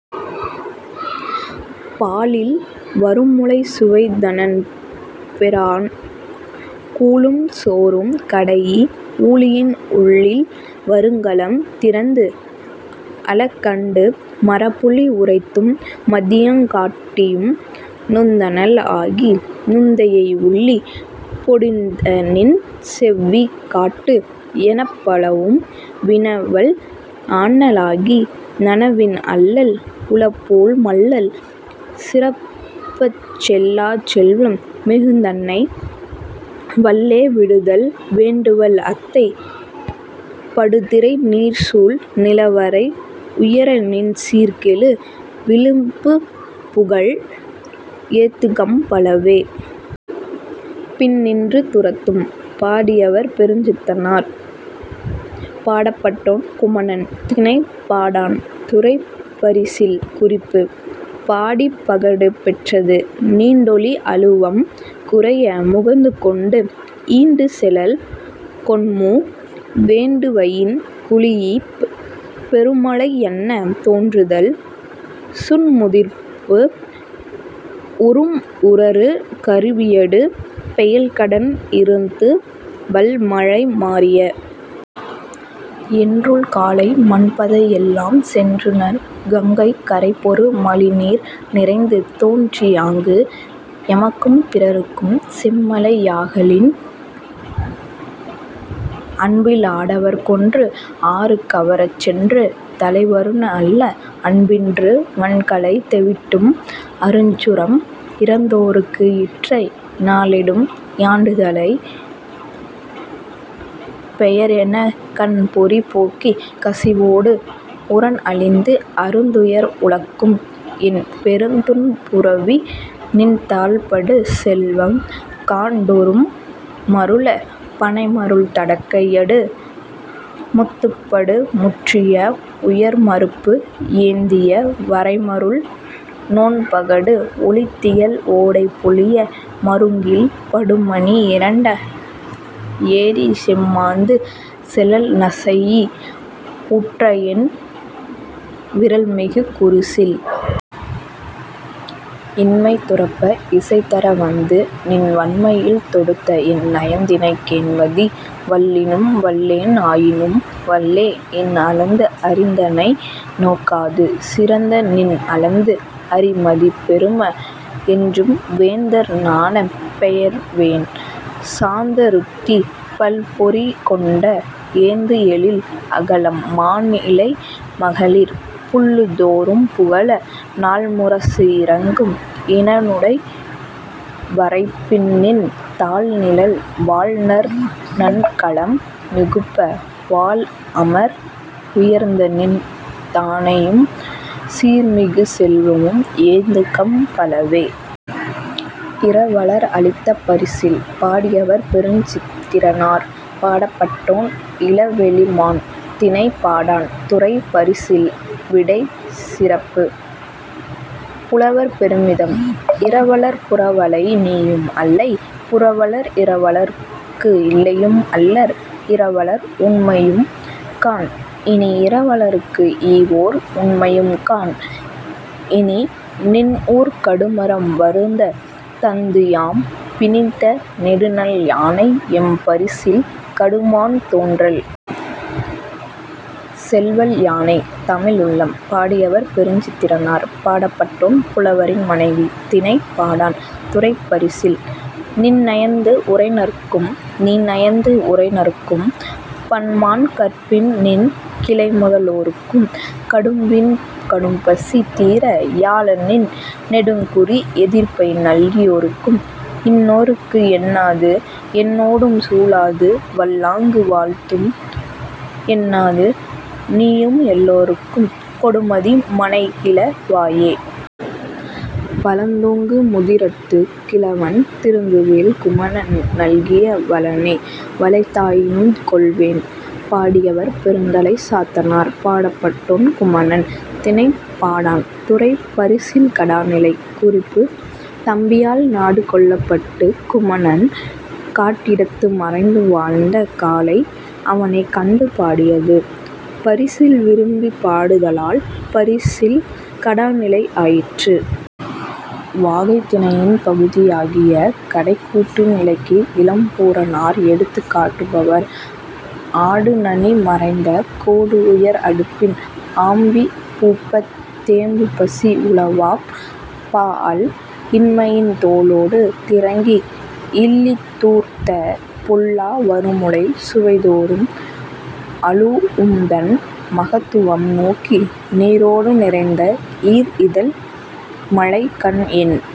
பாலில் வறுமுலைசுவைத்தனன்பெறாஅன், கூழும் சோறும் கடைஇ, ஊழின் உள்ளில் வருங்கலம் திறந்து, அழக் கண்டு, மறப்புலி உரைத்தும், மதியங் காட்டியும், நொந்தனள் ஆகி, நுந்தையை உள்ளிப், பொடிந்தநின் செவ்வி காட்டு எனப் பலவும் வினவல் ஆனா ளாகி, நனவின் அல்லல் உழப்போள் மல்லல் சிறப்பச், செல்லாச் செல்வம் மிகுந்தனை, வல்லே விடுதல் வேண்டுவல் அத்தை; படுதிரை நீர்சூழ் நிலவரை உயர நின் சீர்கெழு விழுப்புபுகழ் ஏத்துகம் பலவே.. பின் நின்று துரத்தும்! பாடியவர்: பெருஞ்சித்திரனார். பாடப்பட்டோன்: குமணன். திணை: பாடாண். துறை: பரிசில். குறிப்பு: பாடிப் பகடு பெற்றது. நீண்டொலி அழுவம் குறைய முகந்துகொண்டு, ஈண்டுசெலல் கொண்மூ வேண்டுவயின் குழீஇப் பெருமலை யன்ன தோன்றுதல், சூன்முதிர்பு, உரும்உரறு கருவியடு, பெயல்கடன் இறுத்து, வள்மலை மாறிய என்றூழ்க் காலை, மன்பதை யெல்லாம் சென்றுணர், கங்கைக் கரைபொரு மலிநீர் நிறைந்து தோன்றியாங்கு, எமக்கும் பிறர்க்கும் செம்மலை யாகலின், அன்பில் ஆடவர் கொன்று, ஆறு கவரச், சென்று தலைவருந அல்ல, அன்பின்று, வன்கலை தெவிட்டும், அருஞ்சுரம் இறந்தோர்க்கு, இற்றை நாளடும் யாண்டுதலைப் பெயர் எனக் கண் பொறி போக்கி கசிவொடு, உரன்அழிந்து, அருந்துயர் உழக்கும்என் பெருந்துன் புறுவி நின் தாள்படு செல்வம் காண்டொறும் மருளப், பனைமருள் தடக்கை யடு முத்துப்படு முற்றிய உயர்மருப்பு ஏந்திய வரைமருள் நோன்பகடு, ஒளிதிகழ் ஓடை பொலிய, மருங்கில் படுமணி இரட்ட, ஏறிச் செம்மாந்து, செலல்நசைஇ உற்றனென்-விறல்மிகு குருசில்! இன்மை துரப்ப, இசைதர வந்து, நின் வண்மையில் தொடுத்தஎன் நயந்தினை கேண்மதி! வல்லினும், வல்லேன் ஆயினும், வல்லே, என்அளந்து அறிந்தனை நோக்காது, சிறந்த நின் அளந்து அறிமதி, பெரும! என்றும் வேந்தர் நாணப் பெயர்வேன்; சாந்தருந்திப் பல்பொறிக் கொண்ட ஏந்துஎழில் அகலம் மாண்இழை மகளிர் புல்லுதொறும் புகல, நாள்முரசு இரங்கும் இடனுடை வரைப்பின்நின் தாள்நிழல் வாழ்நர் நண்கலம் மிகுப்ப, வாள் அமர் உயர்ந்தநின் தானையும், சீர்மிகு செல்வமும் ஏந்துகம் பலவே.. இரவலர்அளித்த பரிசில்! பாடியவர்: பெருஞ்சித்திரனார். பாடப்பட்டோன்: இளவெளிமான். திணை: பாடாண். துறை: பரிசில் விடை. சிறப்பு: புலவர் பெருமிதம். இரவலர் புரவலை நீயும் அல்லை! புரவலர் இரவலர்க்கு இல்லையும் அல்லர்; இரவலர் உண்மையும் காண், இனி; இரவலர்க்கு ஈவோர் உண்மையும் காண், இனி; நின்ஊர்க் கடுமரம் வருந்தத் தந்து யாம் பிணித்த நெடுநல் யானை எம் பரிசில்; கடுமான் தோன்றல்! செல்வல் யானே.. தமிழ் உள்ளம்! பாடியவர்: பெருஞ்சித்திரனார். பாடப்பட்டோன்: புலவரின் மனைவி. திணை: பாடாண். துறை: பரிசில். நின் நயந்து உறைநர்க்கும், நீ நயந்து உறைநர்க்கும், பன்மாண் கற்பின்நின் கிளைமுத லோர்க்கும், கடும்பின் கடும்பசி தீர யாழநின் நெடுங்குறி எதிர்ப்பை நல்கி யோர்க்கும், இன்னோர்க்கு என்னாது, என்னோடும் சூழாது, வல்லாங்கு வாழ்தும் என்னாது, நீயும் எல்லோர்க்கும் கொடுமதி-மனைகிழ வோயே! பழந்தூங்கு முதிரத்துக் கிழவன் திருந்துவேல் குமணன் நல்கிய வளனே.. வளைத்தாயினும் கொள்வேன்! பாடியவர்: பெருந்தலைச் சாத்தனார். பாடப் பட்டோன்: குமணன். திணை: பாடாண். துறை: பரிசில் கடாநிலை. குறிப்பு: தம்பியால் நாடு கொள்ளப்பட்டுக் குமணன் காட்டிடத்து மறைந்து வாழ்ந்த காலை, அவனைக் கண்டு-பாடியது. பரிசில் விரும்பிப் பாடுதலால், பரிசில் கடாநிலை ஆயிற்று. வாகைத் திணையின் பகுதியாகிய, கடைக்கூட்டு நிலைக்கு இளம்பூரணர் எடுத்துக் காட்டுவர் ஆடுநனி மறந்த கோடுஉயர் அடுப்பின் ஆம்பி பூப்பத், தேம்புபசி உழவாப், பாஅல் இன்மையின் தோலொடு திரங்கி, இல்லி தூர்த்த பொல்லா வறுமுலை சுவைத்தொறும் அழூஉம்தன் மகத்துவம் நோக்கி, நீரொடு நிறைந்த ஈர்இதழ் மழைக்கண்என்